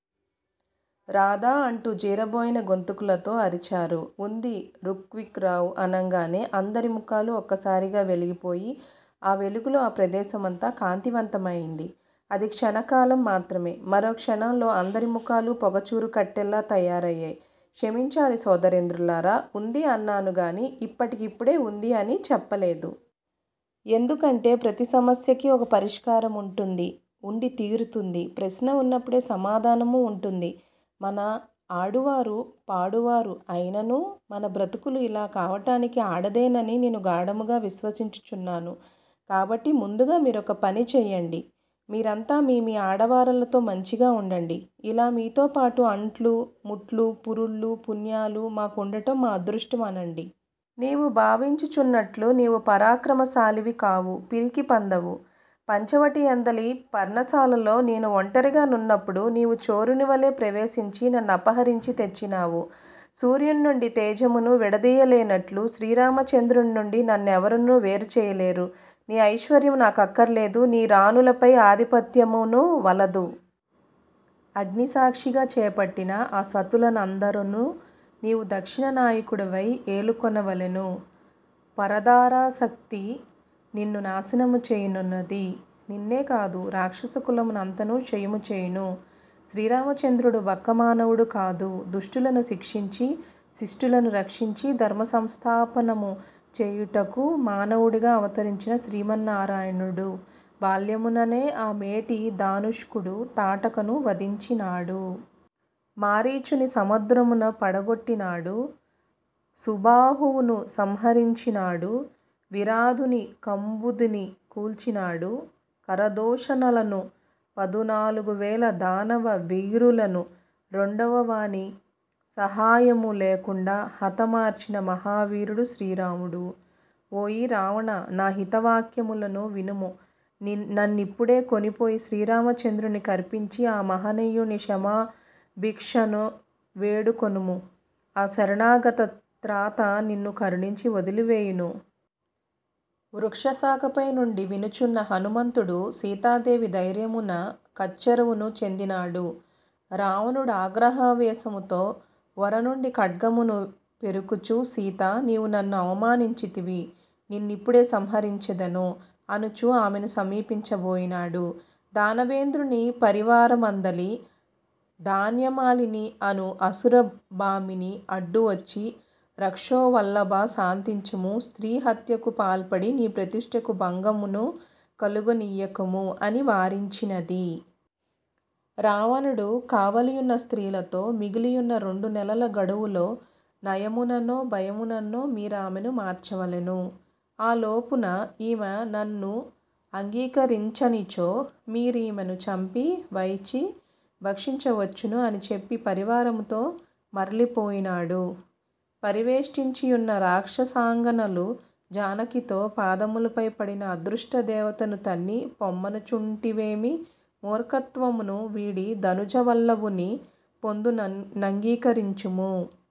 రాదా! అంటూ జీరబోయిన గొంతుకలతో అరిచారు. ఉంది రుక్ విక్ రావు అనంగానే అందరి ముఖాలు ఒక్కసారిగా వెలిగిపోయి ఆ వెలుగులో ఆ ప్రదేశమంతా కాంతివంతమైంది. అది క్షణకాలం మాత్రమే. మరో క్షణంలో అందరి ముఖాలూ పొగచూరుకట్టెల్లా తయారయ్యాయి. క్షమించాలి సోదరేంద్రులారా! వుంది అన్నానుగాని ఇప్పటికిప్పుడే వుంది అని చెప్పలేదు. ఎందుకంటే ప్రతిసమస్యకి ఒక పరిష్కారముంటుంది వుండి తీరుతుంది. ప్రశ్న వున్నప్పుడే సమాధానమూ వుంటుంది. మన ఆడువారు పాడువారు అయినను మన బ్రతుకులు యిలా కావటానికి ఆడదేనని నేను గాఢముగా విశ్వసించుచున్నాను కాబట్టి ముందుగా మీరొక పని చెయ్యండి. మీరంతా మీమీ ఆడవారలతో మంచిగా వుండండి. ఇలా మీతో పాటు అంట్లు-ముట్లు పురుళ్ళు పుణ్యాలూ మాకు వుండటం మా అదృష్టం అనండి. నీవు భావించుచున్నట్లు నీవు పరాక్రమశాలివి కావు; పిరికిపందవు! పంచవటి యందలి పర్ణశాలలో నేను ఒంటరిగా నున్నప్పుడు నీవు చోరుని వలె ప్రవేశించి నన్నపహరించి తెచ్చినావు! సూర్యుని నుండి తేజమును విడదీయలేనట్లు శ్రీరామచంద్రుని నుండి నన్నెవరును వేరు చేయలేరు. నీ ఐశ్వర్యము నాకక్కరలేదు. నీ రాణులపై ఆధిపత్యమును వలదు. అగ్నిసాక్షిగ చేపట్టిన ఆ సతులనందరనూ నీవు దక్షిణ నాయకుడవై ఏలుకొనవలెను పరదారాసక్తి నిన్ను నాశనము చేయనున్నది. నిన్నే కాదు, రాక్షస కులము నంతను క్షయముచేయును. శ్రీరామచంద్రుడు బక్క మానవుడు కాదు; దుష్టులను శిక్షించి, శిష్టులను రక్షించి ధర్మ సంస్థాపనము చేయుటకు మానవుడుగా అవతరించిన శ్రీమన్నారాయణుడు! బాల్యముననే ఆ మేటి ధానుష్కుడు తాటకను వధించినాడు. మారీచుని సముద్రమున పడగొట్టినాడు. సుబాహువును సంహారించినాడు. విరాధునీ కంబధునీ కూల్చినాడు. ఖరదూషణులనూ పదునాలుగువేల దానవ వీరులనూ రెండవవాని సాహాయ్యము లేకుండ హతమార్చిన మహావీరుడు శ్రీరాముడు! ఓయీ రావణా నా హిత వాక్యములను వినుము. నన్నిప్పుడే కొనిపోయి శ్రీరామచంద్రుని కర్పించి ఆ మహనీయుని క్షమాభిక్షణు వేడుకొనుము. ఆ శరణాగత త్రాత నిన్ను కరుణించి వదలివేయును. వృక్షశాఖపై నుండి వినుచున్న హనుమంతుడు సీతాదేవి ధైర్యమున కచ్చెరువును చెందినాడు. రావణుడాగ్రహావేశముతో ఒఱ నుండి ఖడ్గమును పెఱుకుచూ సీతా, నీవు నన్నవమానించితివి! నిన్నిప్పుడే సంహరించెదను! అనుచు ఆమెను సమీపించబోయినాడు. దానవేంద్రుని పరివారమందలి 'ధాన్యమాలిని' యను అసుర భామిని అడ్డువచ్చి రక్షోవల్లభా శాంతించుము, స్త్రీ హత్యకు పాల్పడి నీ ప్రతిష్ఠకు భంగమును కలుగనీయకుము అని వారించినది. రావణుడు కావలియున్న స్త్రీలతో, మిగిలియున్న రెండు నెలల గడువులో నయముననో భయముననో మీరామెను మార్చవలెను. ఆలోపున ఈమె నన్నంగీకరించనిచో మీరీమెను చంపి వైచి భక్షించవచ్చును అని చెప్పి పరివారముతో మరలిపోయినాడు. పరివేష్టించియున్న రాక్షసాంగనలు జానకితో పాదములపై పడిన అదృష్ట దేవతను తన్ని పొమ్మనుచుంటివేమి? మూర్ఖత్వమును వీడి దనుజ వల్లభుని పొందునకంగీకరించుము.